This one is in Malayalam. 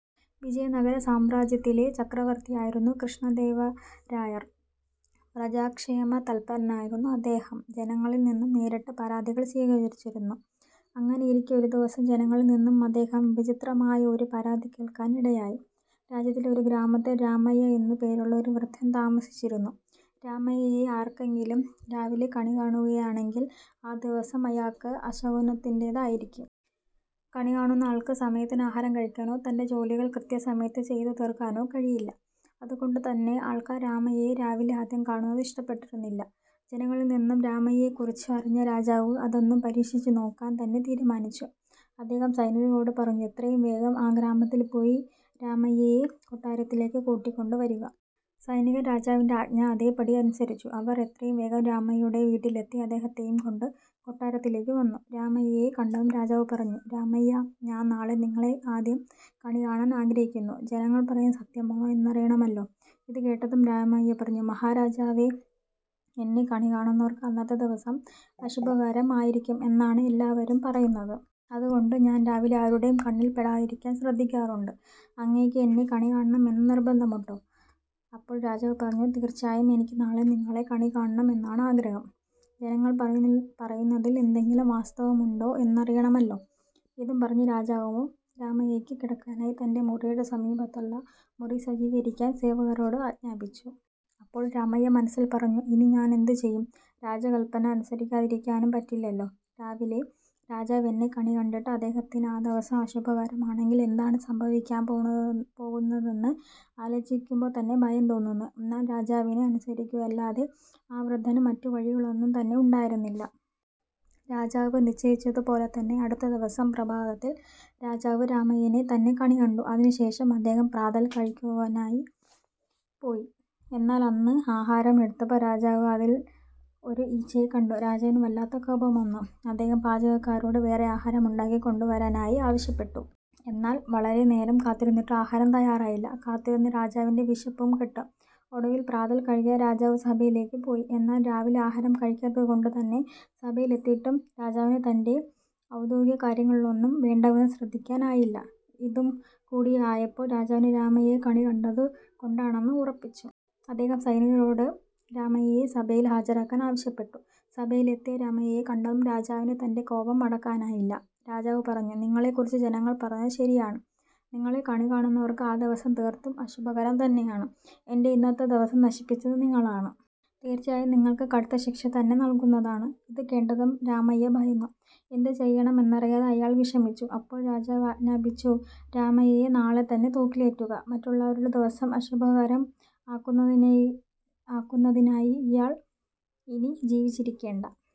വിജയനഗര സാമ്രാജ്യത്തിലെ ചക്രവർത്തിയായിരുന്നു കൃഷ്ണദേവരായർ. പ്രജാക്ഷേമ തല്പരനായിരുന്ന അദ്ദേഹം ജനങ്ങളിൽ നിന്നും നേരിട്ട് പരാതികൾ സ്വീകരിച്ചിരുന്നു. അങ്ങനെയിരിക്കെ ഒരു ദിവസം ജനങ്ങളിൽ നിന്നും അദ്ദേഹം വിചിത്രമായ ഒരു പരാതി കേൾക്കാൻ ഇടയായി. രാജ്യത്തിലെ ഒരു ഗ്രാമത്തിൽ രാമയ്യ എന്നു പേരുള്ള ഒരു വൃദ്ധൻ താമസിച്ചിരുന്നു. രാമയ്യയെ ആരെങ്കിലും രാവിലെ കണി കാണുകയാണെങ്കിൽ ആ ദിവസം അയാൾക്ക് അശകുനത്തിന്റേത് ആയിരിക്കും. കണികാണുന്ന ആൾക്ക് സമയത്തിനു ആഹാരം കഴിക്കാനോ തന്റെ ജോലികൾ കൃത്യസമയത്ത് ചെയ്തു തീർക്കാനോ കഴിയില്ല. അതുകൊണ്ടു തന്നെ ആൾക്കാർ രാമയ്യയെ രാവിലെ ആദ്യം കാണുന്നത് ഇഷ്ടപ്പെട്ടിരുന്നില്ല. ജനങ്ങളിൽ നിന്നും രാമയ്യയെക്കുറിച്ചു അറിഞ്ഞ രാജാവ് അതൊന്നു പരീക്ഷിച്ചു നോക്കാൻ തന്നെ തീരുമാനിച്ചു. അദ്ദേഹം സൈനികരോട് പറഞ്ഞു "എത്രയും വേഗം ആ ഗ്രാമത്തിൽ പോയി രാമയ്യയെ കൊട്ടാരത്തിലേക്ക് കൂട്ടിക്കൊണ്ടു വരുക. " സൈനികർ രാജാവിന്റെ ആജ്ഞ അതേപടി അനുസരിച്ചു. അവർ എത്രയും വേഗം രാമയ്യയുടെ വീട്ടിലെത്തി അദ്ദേഹത്തെയും കൊണ്ട് കൊട്ടാരത്തിലേക്കു വന്നു. രാമയ്യയെ കണ്ടതും രാജാവ് പറഞ്ഞു "രാമയ്യ, ഞാൻ നാളെ നിങ്ങളെ ആദ്യം കണി കാണാൻ ആഗ്രഹിക്കുന്നു. ജനങ്ങൾ പറയുന്നത് സത്യമാണോ എന്നറിയണമല്ലോ. " ഇത് കേട്ടതും രാമയ്യ പറഞ്ഞു "മഹാരാജാവേ, എന്നെ കണി കാണുന്നവർക്ക് അന്നത്തെ ദിവസം അശുഭകരം ആയിരിക്കും എന്നാണ് എല്ലാവരും പറയുന്നത്. അതുകൊണ്ട് ഞാൻ രാവിലെ ആരുടേയും കണ്ണിൽ പെടാതിരിക്കാൻ ശ്രദ്ധിക്കാറുണ്ട്. അങ്ങേയ്ക്ക് എന്നെ കണി കാണണം എന്ന് നിർബന്ധമുണ്ടോ? " അപ്പോൾ രാജാവ് പറഞ്ഞു "തീർച്ചയായും എനിക്ക് നാളെ നിങ്ങളെ കണി കാണണം എന്നാണ് ആഗ്രഹം. ജനങ്ങൾ പറയുന്നതിൽ എന്തെങ്കിലും വാസ്തവമുണ്ടോ എന്നറിയണമല്ലോ? ഇതും പറഞ്ഞു രാജാവ് രാമയ്യക്ക് കിടക്കാനായി തന്റെ മുറിയുടെ സമീപത്തുള്ള മുറി സജ്ജീകരിക്കാൻ സേവകരോട് ആജ്ഞാപിച്ചു. അപ്പോൾ രാമയ്യ മനസ്സിൽ പറഞ്ഞു "ഇനി ഞാൻ എന്ത് ചെയ്യും? രാജകല്പന അനുസരിക്കാതിരിക്കാനും പറ്റില്ലല്ലോ. രാവിലെ രാജാവ് എന്നെ കണി കണ്ടിട്ട് അദ്ദേഹത്തിന് ആ ദിവസം അശുഭകരം ആണെങ്കിൽ എന്താണ് സംഭവിക്കാൻ പോകുന്നതെന്ന് ആലോചിക്കുമ്പോൾ തന്നെ ഭയം തോന്നുന്നു. " എന്നാൽ രാജാവിനെ അനുസരിക്കുകയല്ലാതെ ആ വൃദ്ധന് മറ്റു വഴികളൊന്നും തന്നെ ഉണ്ടായിരുന്നില്ല. രാജാവ് നിശ്ചയിച്ചതു പോലെ തന്നെ അടുത്ത ദിവസം പ്രഭാതത്തിൽ രാജാവ് രാമയ്യയെ തന്നെ കണി കണ്ടു. അതിനു ശേഷം അദ്ദേഹം പ്രാതൽ കഴിക്കുന്നതിനായി പോയി. എന്നാൽ അന്ന് ആഹാരം എടുത്തപ്പോൾ രാജാവ് അതിൽ ഒരു ഈച്ചയെ കണ്ടു. രാജാവിന് വല്ലാത്ത കോപം വന്നു. അദ്ദേഹം പാചകക്കാരോട് വേറെ ആഹാരം ഉണ്ടാക്കി കൊണ്ടുവരുവാനായി ആവശ്യപ്പെട്ടു. എന്നാൽ വളരെ നേരം കാത്തിരുന്നിട്ടും ആഹാരം തയ്യാറായില്ല. കാത്തിരുന്ന് രാജാവിന്റെ വിശപ്പും കെട്ടു. ഒടുവിൽ പ്രാതൽ കഴിക്കാതെ രാജാവ് സഭയിലേക്ക് പോയി. എന്നാൽ രാവിലെ ആഹാരം കഴിക്കാത്തത് കൊണ്ടു തന്നെ സഭയിലെത്തിയിട്ടും രാജാവിന് തന്റെ ഔദ്യോഗിക കാര്യങ്ങളിലൊന്നും വേണ്ടവിധം ശ്രദ്ധിക്കാൻ ആയില്ല. ഇതും കൂടി ആയപ്പോൾ രാജാവ് രാമയ്യയെ കണി കണ്ടതു കൊണ്ടാണെന്ന് ഉറപ്പിച്ചു. അദ്ദേഹം സൈനികരോട് രാമയ്യയെ സഭയിൽ ഹാജരാക്കാൻ ആവശ്യപ്പെട്ടു. സഭയിലെത്തിയ രാമയ്യയെ കണ്ടതും രാജാവിന് തന്റെ കോപം അടക്കാനായില്ല. രാജാവ് പറഞ്ഞു "നിങ്ങളെ കുറിച്ച് ജനങ്ങൾ പറഞ്ഞത് ശരിയാണ്. നിങ്ങളെ കണി കാണുന്നവർക്ക് ആ ദിവസം തീർത്തും അശുഭകരം തന്നെയാണ്. എന്റെ ഇന്നത്തെ ദിവസം നശിപ്പിച്ചത് നിങ്ങളാണ്. തീർച്ചയായും നിങ്ങൾക്ക് കടുത്ത ശിക്ഷ തന്നെ നൽകുന്നതാണ്. " ഇതു കേട്ടതും രാമയ്യ ഭയന്നു. എന്ത് ചെയ്യണം എന്നറിയാതെ അയാൾ വിഷമിച്ചു. അപ്പോൾ രാജാവ് ആജ്ഞാപിച്ചു "രാമയ്യയെ നാളെ തന്നെ തൂക്കിലേറ്റുക. മറ്റുള്ളവരുടെ ദിവസം അശുഭകരം ആക്കുന്നതിനായി അയാൾ ഇനി ജീവിച്ചിരിക്കേണ്ട.